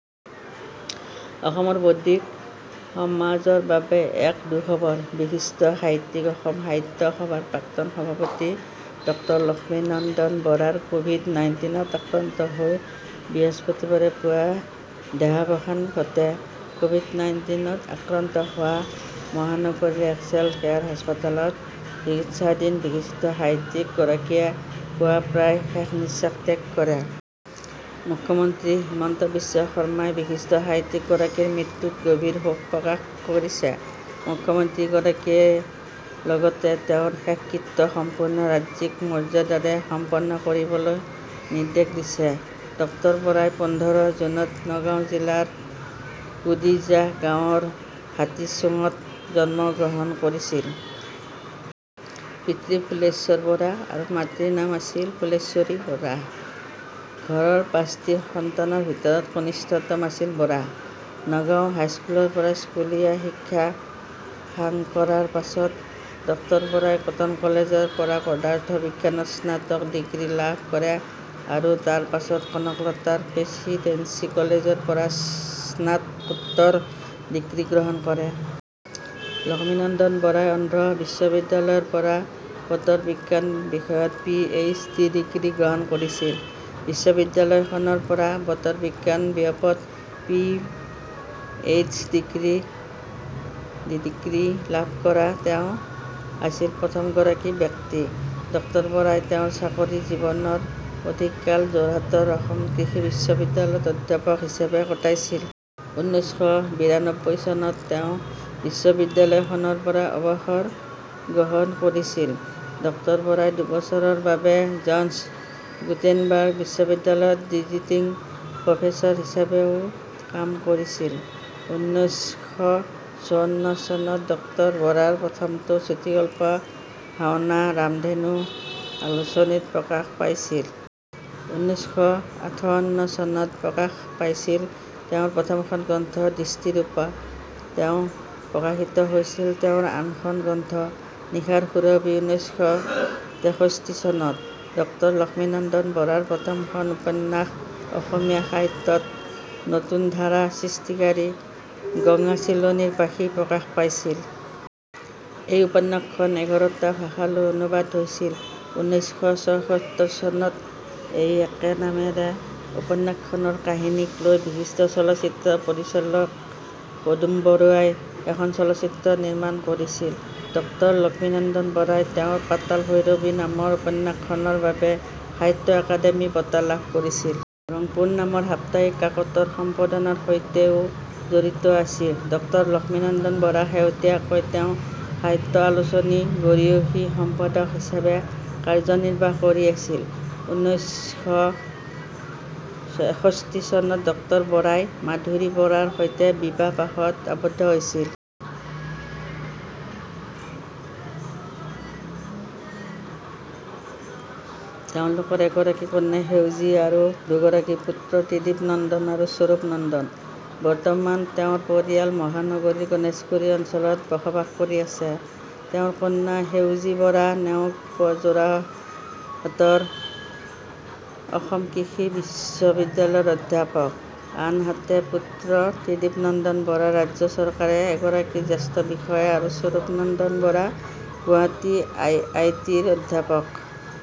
অসমৰ বৌদ্ধিক সমাজৰ বাবে এক দু:খৱৰ, বিশিষ্ট সাহিত্যিক অসম সাহিত্য সভাৰ প্ৰাক্তন সভাপতি ডক্টৰ লক্ষ্মীনন্দন বৰাৰ কোভিড নাইণ্টিনত আক্ৰান্ত হৈ বৃহস্পতিবাৰে পুৱা দেহাৱসান ঘটে। কোভিড নাইণ্টিনত আক্ৰান্ত হোৱা মহানগৰীৰ এক্সেল কেয়াৰ হাস্পাতালত চিকিৎসাধীন বিশিষ্ট সাহিত্যিক গৰাকীয়ে পুৱা প্ৰায় শেষ নিশ্বাস ত্যাগ কৰে। মুখ্যমন্ত্ৰী হিমন্ত বিশ্ব শৰ্মাই বিশিষ্ট সাহিত্যিক গৰাকীৰ মৃত্যুত গভীৰ শোক প্ৰকাশ কৰিছে। মুখ্যমন্ত্ৰী গৰাকীয়ে লগতে তেওঁৰ শেষকৃত্য সম্পূৰ্ণ ৰাজ্যিক মৰ্যাদাৰে সম্পন্ন কৰিবলৈ নিৰ্দেশ দিছে। ডক্টৰ বৰাই পোন্ধৰ জুনত নগাঁও জিলাৰ কুদিজাহ গাওঁৰ হাতীচোঙত জন্মগ্ৰহণ কৰিছিল। পিতৃ ফুলেশ্বৰ বৰা আৰু মাতৃৰ নাম আছিল ফুলেশ্বৰী বৰা। ঘৰৰ পাঁচটি সন্তানৰ ভিতৰত কনিষ্ঠতম আছিল বৰা। নগাঁও হাইস্কুলৰ পৰা স্কুলীয়া শিক্ষা সাং কৰাৰ পাছত ডক্টৰ বৰাই কটন কলেজৰ পৰা পদাৰ্থ বিজ্ঞানত স্নাতক ডিগ্ৰী লাভ কৰে আৰু তাৰ পাছত কলকাতাৰ প্ৰেছিডেন্সি কলেজৰ পৰা স্নাতকোত্তৰ ডিগ্ৰী গ্ৰহণ কৰে। লক্ষীনন্দন বৰাই অন্ধ্ৰ বিশ্ববিদ্যালয়ৰ পৰা বতৰ বিজ্ঞান বিষয়ত পি এইচ ডি ডিগ্ৰী গ্ৰহণ কৰিছিল। বিশ্ববিদ্যালয়খনৰ পৰা বতৰ বিজ্ঞান ব্যাপত P H D degree degree লাভ কৰা তেওঁ আছিল প্ৰথম গৰাকী ব্যক্তি। ডক্টৰ বৰাই তেওঁৰ চাকৰি জীৱনৰ অধিক কাল যোৰহাটৰ অসম কৃষি বিশ্ববিদ্যালয়ত অধ্যাপক হিচাপে কটাইছিল। ঊনৈশ শ বিৰান্নবৈ চনত তেওঁ বিশ্ববিদ্যালখনৰ পৰা অৱসৰ গ্ৰহণ কৰিছিল। ডক্টৰ বৰাই দুবছৰৰ বাবে জনছ গুটেনবাৰ্গ বিশ্ববিদ্যালয়ত ভিজিটিং প্ৰফেচৰ হিচাপেও কাম কৰিছিল। ঊনৈশ শ চৌৱন্ন চনত ডক্তৰ বৰাৰ প্ৰথমটো চুটিগল্প "ভাওনা" ৰামধেনু আলোচনীত প্ৰকাশ পাইছিল। ঊনৈশ শ আঠাৱন্ন চনত প্ৰকাশ পাইছিল তেওঁৰ প্ৰথমখন গ্ৰন্থ "দৃষ্টিৰূপা"। সেইদৰে প্ৰকাশিত হৈছিল তেওঁৰ আনখন গ্ৰন্থ "নিশাৰ সুৰভি" ঊনৈশ শ তেষষ্ঠি চনত। ডক্টৰ লক্ষ্মীনন্দন বৰাৰ প্ৰথমখন উপন্যাস অসমীয়া সাহিত্যত নতুন ধাৰা সৃষ্টিকাৰী "গঙা চিলনীৰ পাখি" প্ৰকাশ পাইছিল। এই উপন্যাসখন এঘাৰ টা ভাষালৈ অনুবাদ হৈছিল। ঊনৈশ শ ছয়সত্তৰ চনত এই একে নামেৰে উপন্যাসখনৰ কাহিনীক লৈ বিশিষ্ট চলচ্চিত্ৰ পৰিচালক পদুম বৰুৱাই এখন চলচ্চিত্ৰ নিৰ্মাণ কৰিছিল। ডক্টৰ লক্ষ্মীনন্দন বৰাই তেওঁৰ "পাতাল ভৈৰৱী" নামৰ উপন্যাসখনৰ বাবে সাহিত্য একাডেমী বঁটা লাভ কৰিছিল। ৰংপুৰ নামৰ সাপ্তাহিক কাকতৰ সম্পাদনাৰ সৈতেও জড়িত আছিল। ডক্টৰ লক্ষ্মীনন্দন বৰা শেহতীয়াকৈ তেওঁ সাহিত্য আলোচনী গৰীয়সী সম্পাদক হিচাপে কাৰ্যনিৰ্বাহ কৰি আছিল। ঊনৈশ শ এষষ্ঠি চনত ডক্টৰ বৰাই মাধুৰী বৰাৰ সৈতে বিবাহপাশত আৱদ্ধ হৈছিল। তেওঁলোকৰ এগৰাকী কন্যা সেউজী আৰু দুগৰাকী পুত্ৰ ত্ৰিদীপ নন্দন আৰু স্বৰূপ নন্দন। বৰ্তমান তেওঁৰ পৰিয়াল মহানগৰীৰ গণেশগুৰি অঞ্চলত বসবাস কৰি আছে। তেওঁৰ কন্যা সেউজী বৰা নেওগ যোৰাহাটৰ অসম কৃষি বিশ্ববিদ্যালয়ৰ অধ্যাপক। আনহাতে পুত্ৰ ত্ৰিদীপ নন্দন বৰা ৰাজ্য চৰকাৰে এগৰাকী জ্যেষ্ঠ বিষয়া আৰু স্বৰূপ নন্দন বৰা গুৱাহাটী আই আই টিৰ অধ্যাপক।